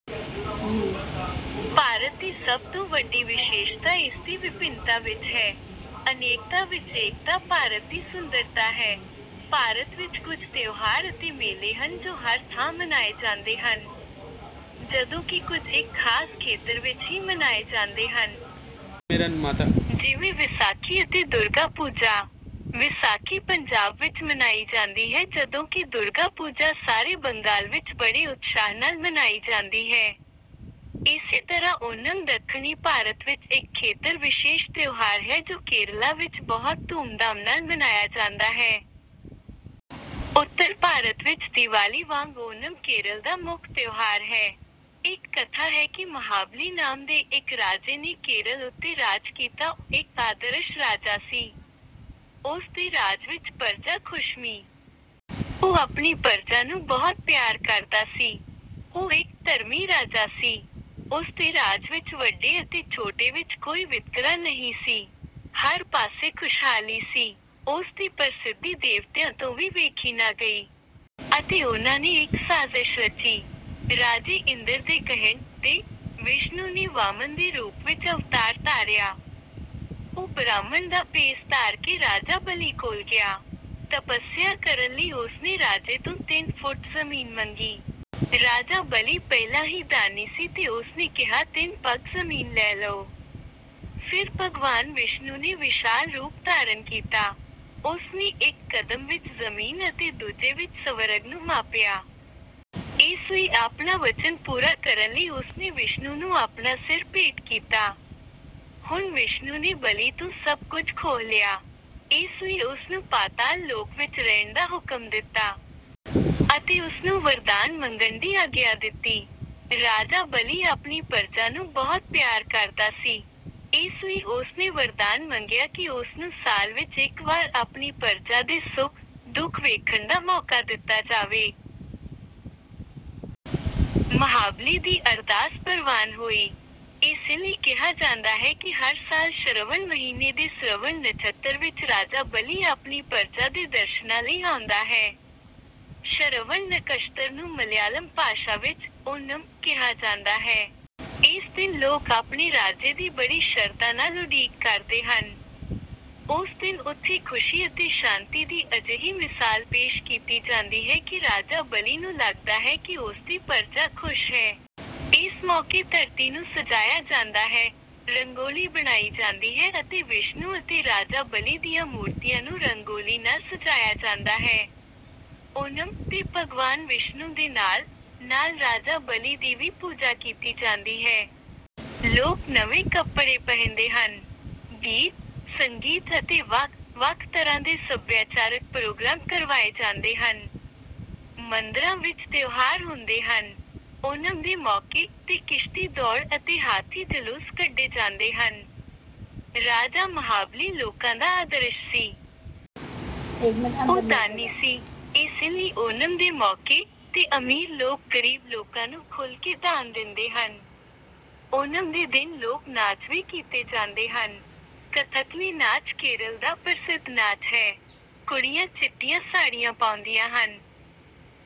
ਭਾਰਤ ਦੀ ਸਭ ਤੋਂ ਵੱਡੀ ਵਿਸ਼ੇਸ਼ਤਾ ਇਸਦੀ ਵਿਭਿੰਨਤਾ ਵਿੱਚ ਹੈ। ਅਨੇਕਤਾ ਵਿੱਚ ਏਕਤਾ ਭਾਰਤ ਦੀ ਸੁੰਦਰਤਾ ਹੈ। ਭਾਰਤ ਵਿੱਚ ਕੁਝ ਤਿਉਹਾਰ ਅਤੇ ਮੇਲੇ ਹਨ ਜੋ ਹਰ ਥਾਂ ਮਨਾਏ ਜਾਂਦੇ ਹਨ। ਜਦੋਂ ਕਿ ਕੁਝ ਇੱਕ ਖਾਸ ਖੇਤਰ ਵਿੱਚ ਹੀ ਮਨਾਏ ਜਾਂਦੇ ਹਨ। ਜਿਵੇਂ ਵਿਸਾਖੀ ਅਤੇ ਦੁਰਗਾ ਪੂਜਾ। ਵਿਸਾਖੀ ਪੰਜਾਬ ਵਿੱਚ ਮਨਾਈ ਜਾਂਦੀ ਹੈ ਜਦੋਂ ਕਿ ਦੁਰਗਾ ਪੂਜਾ ਸਾਰੇ ਬੰਗਾਲ ਵਿੱਚ ਬੜੇ ਉਤਸ਼ਾਹ ਨਾਲ ਮਨਾਈ ਜਾਂਦੀ ਹੈ। ਇਸੇ ਤਰ੍ਹਾਂ ਓਨਮ ਦੱਖਣੀ ਭਾਰਤ ਵਿੱਚ ਇੱਕ ਖੇਤਰ ਵਿਸ਼ੇਸ਼ ਤਿਉਹਾਰ ਹੈ ਜੋ ਕੇਰਲਾ ਵਿੱਚ ਬਹੁਤ ਧੂਮਧਾਮ ਨਾਲ ਮਨਾਇਆ ਜਾਂਦਾ ਹੈ। ਉੱਤਰ ਭਾਰਤ ਵਿੱਚ ਦੀਵਾਲੀ ਵਾਂਗ ਓਨਮ ਕੇਰਲ ਦਾ ਮੁੱਖ ਤਿਉਹਾਰ ਹੈ। ਇੱਕ ਕਥਾ ਹੈ ਕਿ ਮਹਾਬਲੀ ਨਾਮ ਦੇ ਇੱਕ ਰਾਜੇ ਨੇ ਕੇਰਲ ਉੱਤੇ ਰਾਜ ਕੀਤਾ ਉਹ ਇੱਕ ਆਦਰਸ਼ ਰਾਜਾ ਸੀ। ਉਸ ਦੇ ਰਾਜ ਵਿਚ ਪਰਜਾ ਖੁਸ਼ ਸੀ। ਉਹ ਆਪਣੀ ਪਰਜਾ ਨੂੰ ਬਹੁਤ ਪਿਆਰ ਕਰਦਾ ਸੀ। ਉਹ ਇੱਕ ਧਰਮੀ ਰਾਜਾ ਸੀ। ਉਸਦੇ ਰਾਜ ਵਿੱਚ ਵੱਡੇ ਅਤੇ ਛੋਟੇ ਵਿੱਚ ਕੋਈ ਵਿਤਕਰਾ ਨਹੀਂ ਸੀ। ਹਰ ਪਾਸੇ ਖੁਸ਼ਹਾਲੀ ਸੀ। ਉਸ ਦੀ ਪ੍ਰਸਿੱਧੀ ਦੇਵਤਿਆਂ ਤੋਂ ਵੀ ਵੇਖੀ ਨਾ ਗਈ। ਅਤੇ ਉਨ੍ਹਾਂ ਨੇ ਇੱਕ ਸਾਜ਼ਿਸ਼ ਰਚੀ। ਰਾਜੇ ਇੰਦਰ ਦੇ ਕਹਿਣ 'ਤੇ, ਵਿਸ਼ਨੂੰ ਨੇ ਵਾਮਨ ਦੇ ਰੂਪ ਵਿੱਚ ਅਵਤਾਰ ਧਾਰਿਆ। ਉਹ ਬ੍ਰਾਹਮਣ ਦਾ ਭੇਸ ਧਾਰ ਕੇ ਰਾਜਾ ਬਲੀ ਕੋਲ ਗਿਆ। ਤਪੱਸਿਆ ਕਰਨ ਲਈ ਉਸ ਨੇ ਰਾਜੇ ਤੋਂ ਤਿੰਨ ਫੁੱਟ ਜ਼ਮੀਨ ਮੰਗੀ। ਰਾਜਾ ਬਲੀ ਪਹਿਲਾਂ ਹੀ ਦਾਨੀ ਸੀ ਤੇ ਉਸਨੇ ਕਿਹਾ ਤਿਨ ਪੱਗ ਜ਼ਮੀਨ ਲੈ ਲਓ। ਫਿਰ ਭਗਵਾਨ ਵਿਸ਼ਨੂੰ ਨੇ ਵਿਸ਼ਾਲ ਰੂਪ ਧਾਰਨ ਕੀਤਾ। ਉਸਨੇ ਇੱਕ ਕਦਮ ਵਿੱਚ ਜ਼ਮੀਨ ਅਤੇ ਦੂਜੇ ਵਿੱਚ ਸਵਰਗ ਨੂੰ ਮਾਪਿਆ। ਇਸ ਲਈ ਆਪਣਾ ਵਚਨ ਪੂਰਾ ਕਰਨ ਲਈ ਉਸਨੇ ਵਿਸ਼ਨੂੰ ਨੂੰ ਆਪਣਾ ਸਿਰ ਭੇਟ ਕੀਤਾ। ਹੁਣ ਵਿਸ਼ਨੂੰ ਨੇ ਬਲੀ ਤੋਂ ਸਭ ਕੁਝ ਖੋਹ ਲਿਆ। ਇਸ ਲਈ ਉਸਨੂੰ ਪਾਤਾਲ ਲੋਕ ਵਿੱਚ ਰਹਿਣ ਦਾ ਹੁਕਮ ਦਿੱਤਾ। ਅਤੇ ਉਸਨੂੰ ਵਰਦਾਨ ਮੰਗਣ ਦੀ ਆਗਿਆ ਦਿੱਤੀ। ਰਾਜਾ ਬਲੀ ਆਪਣੀ ਪਰਜਾ ਨੂੰ ਬਹੁਤ ਪਿਆਰ ਕਰਦਾ ਸੀ। ਇਸ ਲਈ ਉਸ ਨੇ ਵਰਦਾਨ ਮੰਗਿਆ ਕਿ ਉਸ ਨੂੰ ਸਾਲ ਵਿੱਚ ਇੱਕ ਵਾਰ ਆਪਣੀ ਪਰਜਾ ਦੇ ਸੁੱਖ-ਦੁੱਖ ਵੇਖਣ ਦਾ ਮੌਕਾ ਦਿੱਤਾ ਜਾਵੇ। ਮਹਾਬਲੀ ਦੀ ਅਰਦਾਸ ਪ੍ਰਵਾਨ ਹੋਈ। ਇਸੇ ਲਈ ਕਿਹਾ ਜਾਂਦਾ ਹੈ ਕਿ ਹਰ ਸਾਲ ਸ਼ਰਵਣ ਮਹੀਨੇ ਦੇ ਸ਼੍ਰਵਣ ਨਛੱਤਰ ਵਿੱਚ ਰਾਜਾ ਬਲੀ ਆਪਣੀ ਪਰਜਾ ਦੇ ਦਰਸ਼ਨਾਂ ਲਈ ਆਉਂਦਾ ਹੈ। ਸ਼ਰਵਣ ਨਕਸ਼ਤਰ ਨੂੰ ਮਲਿਆਲਮ ਭਾਸ਼ਾ ਵਿੱਚ 'ਓਨਮ' ਕਿਹਾ ਜਾਂਦਾ ਹੈ। ਇਸ ਦਿਨ ਲੋਕ ਆਪਣੇ ਰਾਜੇ ਦੀ ਬੜੀ ਸ਼ਰਧਾ ਨਾਲ ਉਡੀਕ ਕਰਦੇ ਹਨ। ਉਸ ਦਿਨ ਉੱਥੇ ਖੁਸ਼ੀ ਅਤੇ ਸ਼ਾਂਤੀ ਦੀ ਅਜਿਹੀ ਮਿਸਾਲ ਪੇਸ਼ ਕੀਤੀ ਜਾਂਦੀ ਹੈ ਕਿ ਰਾਜਾ ਬਲੀ ਨੂੰ ਲੱਗਦਾ ਹੈ ਕਿ ਉਸ ਦੀ ਪਰਜਾ ਖੁਸ਼ ਹੈ। ਇਸ ਮੌਕੇ ਧਰਤੀ ਨੂੰ ਸਜਾਇਆ ਜਾਂਦਾ ਹੈ, ਰੰਗੋਲੀ ਬਣਾਈ ਜਾਂਦੀ ਹੈ ਅਤੇ ਵਿਸ਼ਨੂੰ ਅਤੇ ਰਾਜਾ ਬਲੀ ਦੀਆਂ ਮੂਰਤੀਆਂ ਨੂੰ ਰੰਗੋਲੀ ਨਾਲ ਸਜਾਇਆ ਜਾਂਦਾ ਹੈ। ਓਨਮ 'ਤੇ ਭਗਵਾਨ ਵਿਸ਼ਨੂੰ ਦੇ ਨਾਲ-ਨਾਲ ਰਾਜਾ ਬਲੀ ਦੀ ਵੀ ਪੂਜਾ ਕੀਤੀ ਜਾਂਦੀ ਹੈ। ਲੋਕ ਨਵੇਂ ਕੱਪੜੇ ਪਹਿਨਦੇ ਹਨ। ਗੀਤ-ਸੰਗੀਤ ਅਤੇ ਵੱਖ-ਵੱਖ ਤਰ੍ਹਾਂ ਦੇ ਸੱਭਿਆਚਾਰਕ ਪ੍ਰੋਗਰਾਮ ਕਰਵਾਏ ਜਾਂਦੇ ਹਨ। ਮੰਦਰਾਂ ਵਿੱਚ ਤਿਉਹਾਰ ਹੁੰਦੇ ਹਨ। ਓਨਮ ਦੇ ਮੌਕੇ 'ਤੇ ਕਿਸ਼ਤੀ ਦੌੜ ਅਤੇ ਹਾਥੀ ਜਲੂਸ ਕੱਢੇ ਜਾਂਦੇ ਹਨ। ਰਾਜਾ ਮਹਾਬਲੀ ਲੋਕਾਂ ਦਾ ਆਦਰਸ਼ ਸੀ। ਉਹ ਦਾਨੀ ਸੀ। ਇਸੇ ਲਈ ਓਨਮ ਦੇ ਮੌਕੇ 'ਤੇ ਅਮੀਰ ਲੋਕ ਗਰੀਬ ਲੋਕਾਂ ਨੂੰ ਖੁੱਲ੍ਹ ਕੇ ਦਾਨ ਦਿੰਦੇ ਹਨ। ਓਨਮ ਦੇ ਦਿਨ ਲੋਕ ਨਾਚ ਵੀ ਕੀਤੇ ਜਾਂਦੇ ਹਨ। ਕਥਕਲੀ ਨਾਚ ਕੇਰਲ ਦਾ ਪ੍ਰਸਿੱਧ ਨਾਚ ਹੈ। ਕੁੜੀਆਂ ਚਿੱਟੀਆਂ ਸਾੜੀਆਂ ਪਾਉਂਦੀਆਂ ਹਨ।